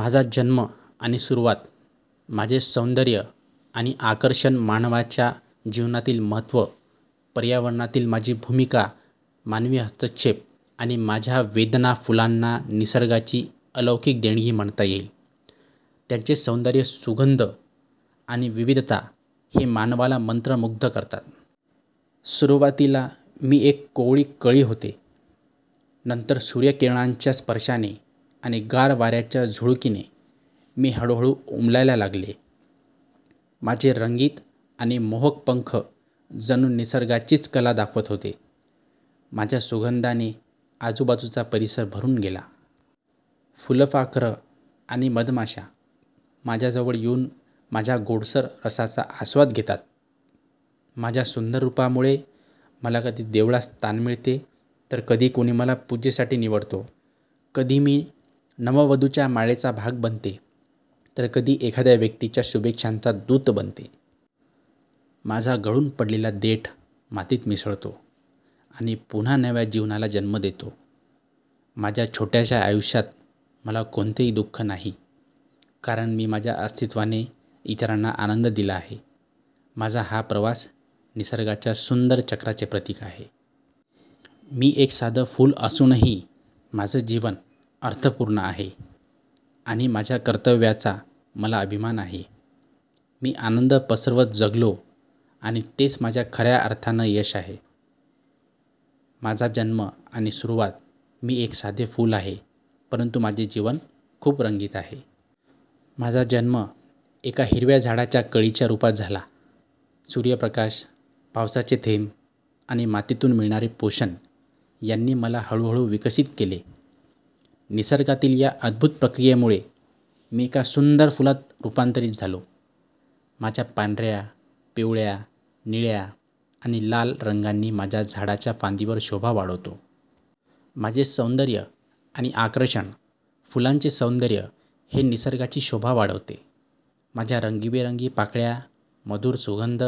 माझा जन्म आणि सुरुवात माझे सौंदर्य आणि आकर्षण मानवाच्या जीवनातील महत्त्व पर्यावरणातील माझी भूमिका मानवी हस्तक्षेप आणि माझ्या वेदना फुलांना निसर्गाची अलौकिक देणगी म्हणता येईल. त्यांचे सौंदर्य, सुगंध, आणि विविधता हे मानवाला मंत्रमुग्ध करतात. सुरुवातीला मी एक कोवळी कळी होते. नंतर सूर्यकिरणांच्या स्पर्शाने आणि गार वाऱ्याच्या झुळुकीने मी हळूहळू उमलायला लागले. माझे रंगीत आणि मोहक पंख जणू निसर्गाचीच कला दाखवत होते. माझ्या सुगंधाने आजूबाजूचा परिसर भरून गेला. फुलपाखरं आणि मधमाशा माझ्याजवळ येऊन माझ्या गोडसर रसाचा आस्वाद घेतात. माझ्या सुंदर रूपामुळे मला कधी देवळात स्थान मिळते, तर कधी कोणी मला पूजेसाठी निवडतो. कधी मी नववधूच्या माळेचा भाग बनते, तर कधी एखाद्या व्यक्तीच्या शुभेच्छांचा दूत बनते. माझा गळून पडलेला देठ मातीत मिसळतो आणि पुन्हा नव्या जीवनाला जन्म देतो. माझ्या छोट्याशा आयुष्यात मला कोणतेही दुःख नाही, कारण मी माझ्या अस्तित्वाने इतरांना आनंद दिला आहे. माझा हा प्रवास निसर्गाच्या सुंदर चक्राचे प्रतीक आहे. मी एक साधं फूल असूनही माझं जीवन अर्थपूर्ण आहे, आणि माझ्या कर्तव्याचा मला अभिमान आहे. मी आनंद पसरवत जगलो आणि तेच माझं खऱ्या अर्थाने यश आहे. माझा जन्म आणि सुरुवात मी एक साधे फूल आहे, परंतु माझे जीवन खूप रंगीत आहे. माझा जन्म एका हिरव्या झाडावर कळीच्या रूपात झाला. सूर्यप्रकाश, पावसाचे थेंब, आणि मातीतून मिळणारे पोषण यांनी मला हळूहळू विकसित केले. निसर्गातील या अद्भुत प्रक्रियेमुळे मी एका सुंदर फुलात रूपांतरित झालो. माझ्या पांढऱ्या, पिवळ्या, निळ्या, किंवा लाल रंगांनी मी झाडाच्या फांदीवर शोभा वाढवतो. माझे सौंदर्य आणि आकर्षण फुलांचे सौंदर्य हे निसर्गाची शोभा वाढवते. माझ्या रंगीबेरंगी पाकळ्या, मधुर सुगंध,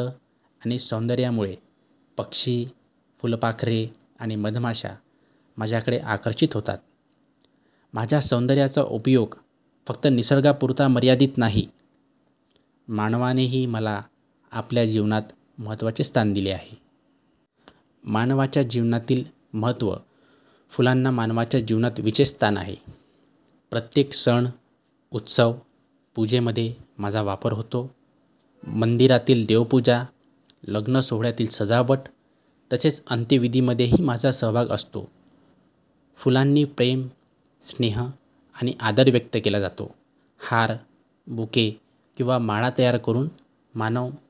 आणि सौंदर्यामुळे पक्षी, फुलपाखरे, आणि मधमाशा माझ्याकडे आकर्षित होतात. माझ्या सौंदर्याचा उपयोग फक्त निसर्गापुरता मर्यादित नाही, मानवानेही मला त्यांच्या जीवनात महत्त्वाचे स्थान दिले आहे. मानवाच्या जीवनातील महत्त्व फुलांना मानवाच्या जीवनात विशेष स्थान आहे. प्रत्येक सण, उत्सव, आणि पूजेमध्ये माझा वापर होतो. मंदिरातील देवपूजा, लग्नसोहळ्यातील सजावट, तसेच अंत्यविधीमध्येही माझा सहभाग असतो. फुलांनी प्रेम, स्नेह, आणि आदर व्यक्त केला जातो. हार, बुके, किंवा माळा तयार करून मानव